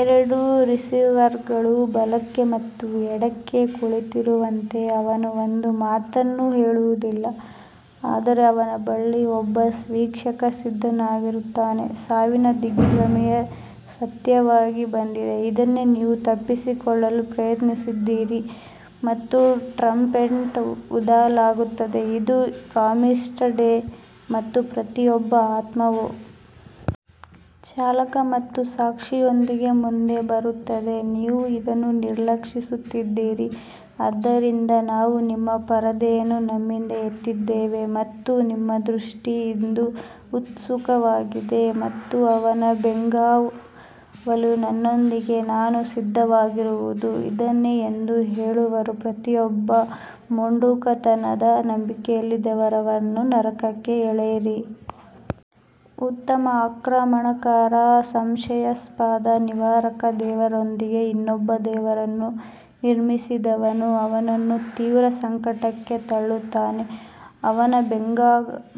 ಎರಡು ರಿಸೀವರ್ಗಳು ಬಲಕ್ಕೆ ಮತ್ತು ಎಡಕ್ಕೆ ಕುಳಿತಿರುವಂತೆ ಅವನು ಒಂದು ಮಾತನ್ನೂ ಹೇಳುವುದಿಲ್ಲ ಆದರೆ ಅವನ ಬಳಿ ಒಬ್ಬ ವೀಕ್ಷಕ ಸಿದ್ಧನಾಗಿರುತ್ತಾನೆ ಸಾವಿನ ದಿಗ್ಭ್ರಮೆ ಸತ್ಯವಾಗಿ ಬಂದಿದೆ ಇದನ್ನೇ ನೀವು ತಪ್ಪಿಸಿಕೊಳ್ಳಲು ಪ್ರಯತ್ನಿಸಿದ್ದೀರಿ ಮತ್ತು ಟ್ರಂಪೆಟ್ ಊದಲಾಗುತ್ತದೆ ಇದು ಪ್ರಾಮಿಸ್ಡ್ ಡೇ ಮತ್ತು ಪ್ರತಿಯೊಬ್ಬ ಆತ್ಮವು ಚಾಲಕ ಮತ್ತು ಸಾಕ್ಷಿಯೊಂದಿಗೆ ಮುಂದೆ ಬರುತ್ತದೆ ನೀವು ಇದನ್ನು ನಿರ್ಲಕ್ಷಿಸುತ್ತಿದ್ದೀರಿ ಆದ್ದರಿಂದ ನಾವು ನಿಮ್ಮ ಪರದೆಯನ್ನು ನಿಮ್ಮಿಂದ ಎತ್ತಿದ್ದೇವೆ ಮತ್ತು ನಿಮ್ಮ ದೃಷ್ಟಿ ಇಂದು ಉತ್ಸುಕವಾಗಿದೆ ಮತ್ತು ಅವನ ಬೆಂಗಾವಲು ನನ್ನೊಂದಿಗೆ ನಾನು ಸಿದ್ಧವಾಗಿರುವುದು ಇದನ್ನೇ ಎಂದು ಹೇಳುವರು ಪ್ರತಿಯೊಬ್ಬ ಮೊಂಡುತನದ ನಂಬಿಕೆಯಿಲ್ಲದವರನ್ನು ನರಕಕ್ಕೆ ಎಸೆಯಿರಿ ಉತ್ತಮ ಆಕ್ರಮಣಕಾರ ಸಂಶಯಾಸ್ಪದ ನಿವಾರಕ ದೇವರೊಂದಿಗೆ ಇನ್ನೊಬ್ಬ ದೇವರನ್ನು ನಿರ್ಮಿಸಿದವನು ಅವನನ್ನು ತೀವ್ರ ಸಂಕಟಕ್ಕೆ ತಳ್ಳುತ್ತಾನೆ ಅವನ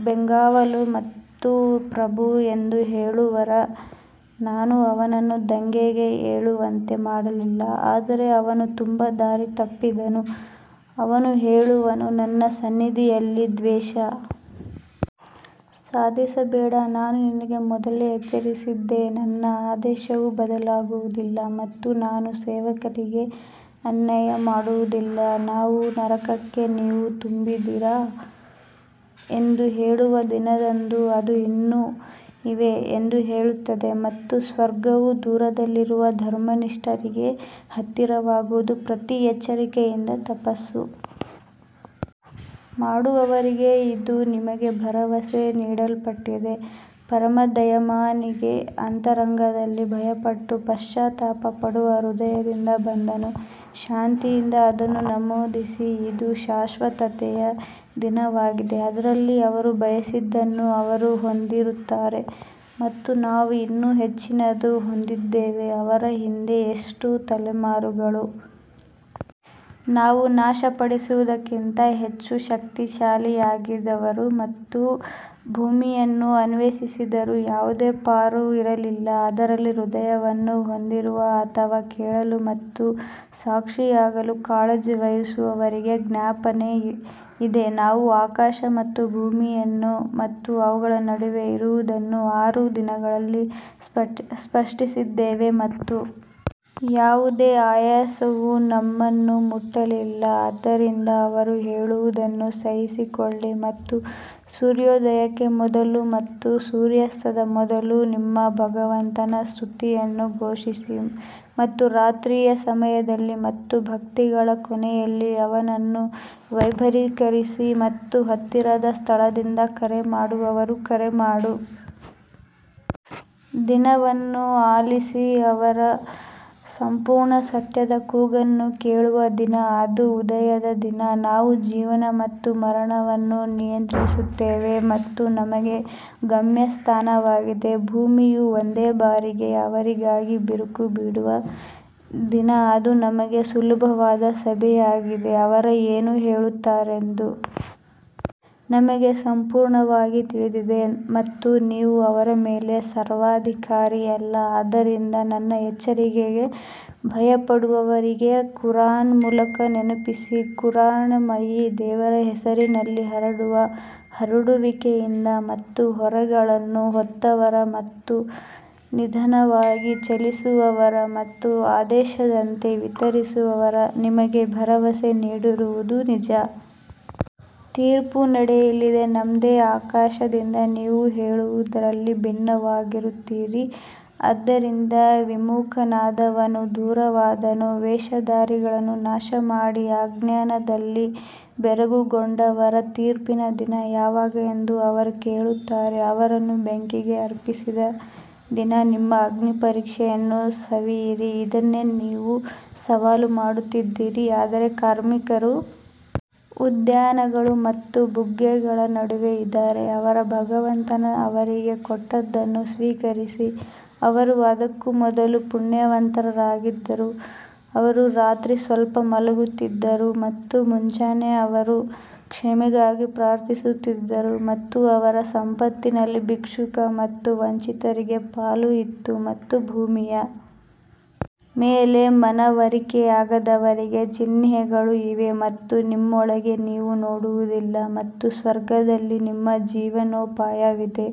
ಬೆಂಗಾವಲು ನಮ್ಮ ಪ್ರಭು ಎಂದು ಹೇಳುವರು, ನಾನು ಅವನನ್ನು ದಂಗೆ ಏಳುವಂತೆ ಮಾಡಲಿಲ್ಲ ಆದರೆ ಅವನು ತುಂಬಾ ದಾರಿ ತಪ್ಪಿದ್ದನು ಅವನು ಹೇಳುವನು, ನನ್ನ ಸನ್ನಿಧಿಯಲ್ಲಿ ದ್ವೇಷ ಸಾಧಿಸಬೇಡ, ನಾನು ನಿನಗೆ ಮೊದಲೇ ಎಚ್ಚರಿಸಿದ್ದೆ ನನ್ನ ಆದೇಶವು ಬದಲಾಗುವುದಿಲ್ಲ ಮತ್ತು ನಾನು ಸೇವಕರಿಗೆ ಅನ್ಯಾಯ ಮಾಡುವುದಿಲ್ಲ ನಾವು ನರಕಕ್ಕೆ ನೀವು ತುಂಬಿದ್ದೀರಾ ಎಂದು ಹೇಳುವ ದಿನದಂದು ಅದು ಇನ್ನೂ ಇವೆ ಎಂದು ಹೇಳುತ್ತದೆ ಮತ್ತು ಸ್ವರ್ಗವು ದೂರದಲ್ಲಿರುವ ಧರ್ಮನಿಷ್ಠರಿಗೆ ಹತ್ತಿರವಾಗುವುದು ಪ್ರತಿ ಎಚ್ಚರಿಕೆಯಿಂದ ತಪಸ್ಸು ಮಾಡುವವರಿಗೆ ಇದು ನಿಮಗೆ ಭರವಸೆ ನೀಡಲ್ಪಟ್ಟಿದೆ ಪರಮ ದಯಾಮಯನಿಗೆ ಅಂತರಂಗದಲ್ಲಿ ಭಯಪಟ್ಟು ಪಶ್ಚಾತ್ತಾಪ ಪಡುವ ಹೃದಯದಿಂದ ಬಂದವನು ಶಾಂತಿಯಿಂದ ಅದನ್ನು ನಮೂದಿಸಿ ಇದು ಶಾಶ್ವತತೆಯ ದಿನವಾಗಿದೆ ಅದರಲ್ಲಿ ಅವರು ಬಯಸಿದ್ದನ್ನು ಅವರು ಹೊಂದಿರುತ್ತಾರೆ ಮತ್ತು ನಾವು ಇನ್ನೂ ಹೆಚ್ಚಿನದನ್ನು ಹೊಂದಿದ್ದೇವೆ ಅವರ ಹಿಂದೆ ಎಷ್ಟು ತಲೆಮಾರುಗಳು ನಾವು ನಾಶಪಡಿಸಿದ್ದಕ್ಕಿಂತ ಹೆಚ್ಚು ಶಕ್ತಿಶಾಲಿಯಾಗಿದ್ದವರು ಅವರು ಭೂಮಿಯನ್ನು ಅನ್ವೇಷಿಸಿದರು ಯಾವುದೇ ಪಾರು ಇರಲಿಲ್ಲ ಅದರಲ್ಲಿ ಹೃದಯವನ್ನು ಹೊಂದಿರುವ ಅಥವಾ ಕೇಳಲು ಮತ್ತು ಸಾಕ್ಷಿಯಾಗಲು ಕಾಳಜಿ ವಹಿಸುವವರಿಗೆ ಜ್ಞಾಪನೆ ಇದೆ ನಾವು ಆಕಾಶ ಮತ್ತು ಭೂಮಿಯನ್ನು ಮತ್ತು ಅವುಗಳ ನಡುವೆ ಇರುವದನ್ನು ಆರು ದಿನಗಳಲ್ಲಿ ಸೃಷ್ಟಿಸಿದ್ದೇವೆ ಮತ್ತು ಯಾವುದೇ ಆಯಾಸವು ನಮ್ಮನ್ನು ಮುಟ್ಟಲಿಲ್ಲ ಆದ್ದರಿಂದ ಅವರು ಹೇಳುವುದನ್ನು ಸಹಿಸಿಕೊಳ್ಳಿ ಮತ್ತು ಸೂರ್ಯೋದಯಕ್ಕೆ ಮೊದಲು ಮತ್ತು ಸೂರ್ಯಾಸ್ತದ ಮೊದಲು ನಿಮ್ಮ ಭಗವಂತನ ಸ್ತುತಿಯನ್ನು ಘೋಷಿಸಿ ಮತ್ತು ರಾತ್ರಿಯ ಸಮಯದಲ್ಲಿ ಮತ್ತು ಭಕ್ತಿಗಳ ಕೊನೆಯಲ್ಲಿ ಅವನನ್ನು ವೈಭವೀಕರಿಸಿ ಮತ್ತು ಹತ್ತಿರದ ಸ್ಥಳದಿಂದ ಕರೆ ಮಾಡುವವರು ಕರೆ ಮಾಡುವ ದಿನವನ್ನು ಆಲಿಸಿ ಅವರು ಸಂಪೂರ್ಣ ಸತ್ಯದ ಕೂಗನ್ನು ಕೇಳುವ ದಿನ ಅದು ಉದಯದ ದಿನ ನಾವು ಜೀವನ ಮತ್ತು ಮರಣವನ್ನು ನಿಯಂತ್ರಿಸುತ್ತೇವೆ ಮತ್ತು ನಮಗೆ ಗಮ್ಯಸ್ಥಾನವಾಗಿದೆ ಭೂಮಿಯು ಒಂದೇ ಬಾರಿಗೆ ಅವರಿಗಾಗಿ ಬಿರುಕು ಬಿಡುವ ದಿನ ಅದು ನಮಗೆ ಸುಲಭವಾದ ಸಭೆಯಾಗಿದೆ ಅವರು ಏನು ಹೇಳುತ್ತಾರೆಂದು ನಮಗೆ ಸಂಪೂರ್ಣವಾಗಿ ತಿಳಿದಿದೆ ಮತ್ತು ನೀವು ಅವರ ಮೇಲೆ ಸರ್ವಾಧಿಕಾರಿಯಲ್ಲ ಆದ್ದರಿಂದ ನನ್ನ ಎಚ್ಚರಿಕೆಗೆ ಭಯಪಡುವವರಿಗೆ ಕುರಾನ್ ಮೂಲಕ ನೆನಪಿಸಿ ಕರುಣಾಮಯಿ ದೇವರ ಹೆಸರಿನಲ್ಲಿ ಹರಡುವ ಹರಡುವಿಕೆಯಿಂದ ಮತ್ತು ಹೊರೆಗಳನ್ನು ಹೊತ್ತವರು ಮತ್ತು ನಿಧಾನವಾಗಿ ಚಲಿಸುವವರು ಮತ್ತು ಆದೇಶದಂತೆ ವಿತರಿಸುವವರು ನಿಮಗೆ ಭರವಸೆ ನೀಡಿರುವುದು ನಿಜ ತೀರ್ಪು ನಡೆಯಲಿದೆ ನೇಯ್ದ ಆಕಾಶದಿಂದ ನೀವು ಹೇಳುವುದರಲ್ಲಿ ಭಿನ್ನವಾಗಿರುತ್ತೀರಿ ಅದರಿಂದ ವಿಮುಖನಾದವನು ದೂರವಾದವನು ವೇಷಧಾರಿಗಳನ್ನು ನಾಶಮಾಡಿ ಅಜ್ಞಾನದಲ್ಲಿ ಬೆರಗುಗೊಂಡವರು ತೀರ್ಪಿನ ದಿನ ಯಾವಾಗ ಎಂದು ಅವರು ಕೇಳುತ್ತಾರೆ ಅವರನ್ನು ಬೆಂಕಿಗೆ ಅರ್ಪಿಸಿದ ದಿನ ನಿಮ್ಮ ಅಗ್ನಿಪರೀಕ್ಷೆಯನ್ನು ಸವಿಯಿರಿ ಇದನ್ನೇ ನೀವು ಸವಾಲು ಮಾಡುತ್ತಿದ್ದೀರಿ ಆದರೆ ಧಾರ್ಮಿಕರು ಉದ್ಯಾನಗಳು ಮತ್ತು ಬುಗ್ಗೆಗಳ ನಡುವೆ ಇದ್ದಾರೆ ಅವರ ಭಗವಂತ ಅವರಿಗೆ ಕೊಟ್ಟದ್ದನ್ನು ಸ್ವೀಕರಿಸಿ ಅವರು ಅದಕ್ಕೂ ಮೊದಲು ಪುಣ್ಯವಂತರಾಗಿದ್ದರು ಅವರು ರಾತ್ರಿ ಸ್ವಲ್ಪ ಮಲಗುತ್ತಿದ್ದರು ಮತ್ತು ಮುಂಜಾನೆ ಅವರು ಕ್ಷಮೆಗಾಗಿ ಪ್ರಾರ್ಥಿಸುತ್ತಿದ್ದರು ಮತ್ತು ಅವರ ಸಂಪತ್ತಿನಲ್ಲಿ ಭಿಕ್ಷುಕ ಮತ್ತು ವಂಚಿತರಿಗೆ ಪಾಲು ಇತ್ತು ಮತ್ತು ಭೂಮಿಯ ಮೇಲೆ ಮನವರಿಕೆಯಾದವರಿಗೆ ಚಿಹ್ನೆಗಳು ಇವೆ ಮತ್ತು ನಿಮ್ಮೊಳಗೆ ನೀವು ನೋಡುವುದಿಲ್ಲ ಮತ್ತು ಸ್ವರ್ಗದಲ್ಲಿ ನಿಮ್ಮ ಜೀವನೋಪಾಯವಿದೆ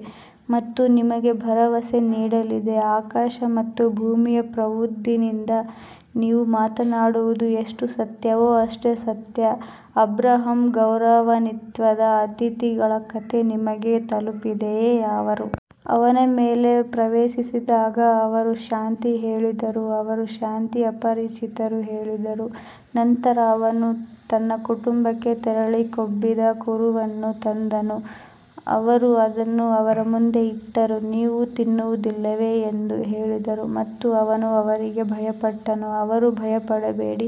ಮತ್ತು ನಿಮಗೆ ಭರವಸೆ ನೀಡಲಾಗಿದೆ ಆಕಾಶ ಮತ್ತು ಭೂಮಿಯ ಪ್ರಭುವಿನಿಂದ, ನೀವು ಮಾತನಾಡುವುದು ಎಷ್ಟು ಸತ್ಯವೋ ಅಷ್ಟೇ ಸತ್ಯ ಅಬ್ರಹಾಂ ಗೌರವಾನ್ವಿತ ಅತಿಥಿಗಳ ಕಥೆ ನಿಮಗೆ ತಲುಪಿದೆಯೇ ಅವರು ಅವನ ಮೇಲೆ ಪ್ರವೇಶಿಸಿದಾಗ ಅವರು ಶಾಂತಿ ಹೇಳಿದರು ಅವರು ಶಾಂತಿ ಅಪರಿಚಿತರು ಹೇಳಿದರು ನಂತರ ಅವನು ತನ್ನ ಕುಟುಂಬಕ್ಕೆ ತೆರಳಿ ಕೊಬ್ಬಿದ ಕರುವನ್ನು ತಂದನು ಅವರು ಅದನ್ನು ಅವರ ಮುಂದೆ ಇಟ್ಟರು, ನೀವು ತಿನ್ನುವುದಿಲ್ಲವೇ ಎಂದು ಹೇಳಿದರು ಮತ್ತು ಅವನು ಅವರಿಗೆ ಭಯಪಟ್ಟನು, ಅವರು ಭಯಪಡಬೇಡಿ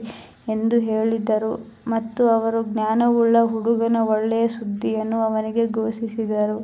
ಎಂದು ಹೇಳಿದರು ಮತ್ತು ಅವರು ಜ್ಞಾನವುಳ್ಳ ಹುಡುಗನ ಒಳ್ಳೆಯ ಸುದ್ದಿಯನ್ನು ಅವನಿಗೆ ಘೋಷಿಸಿದರು.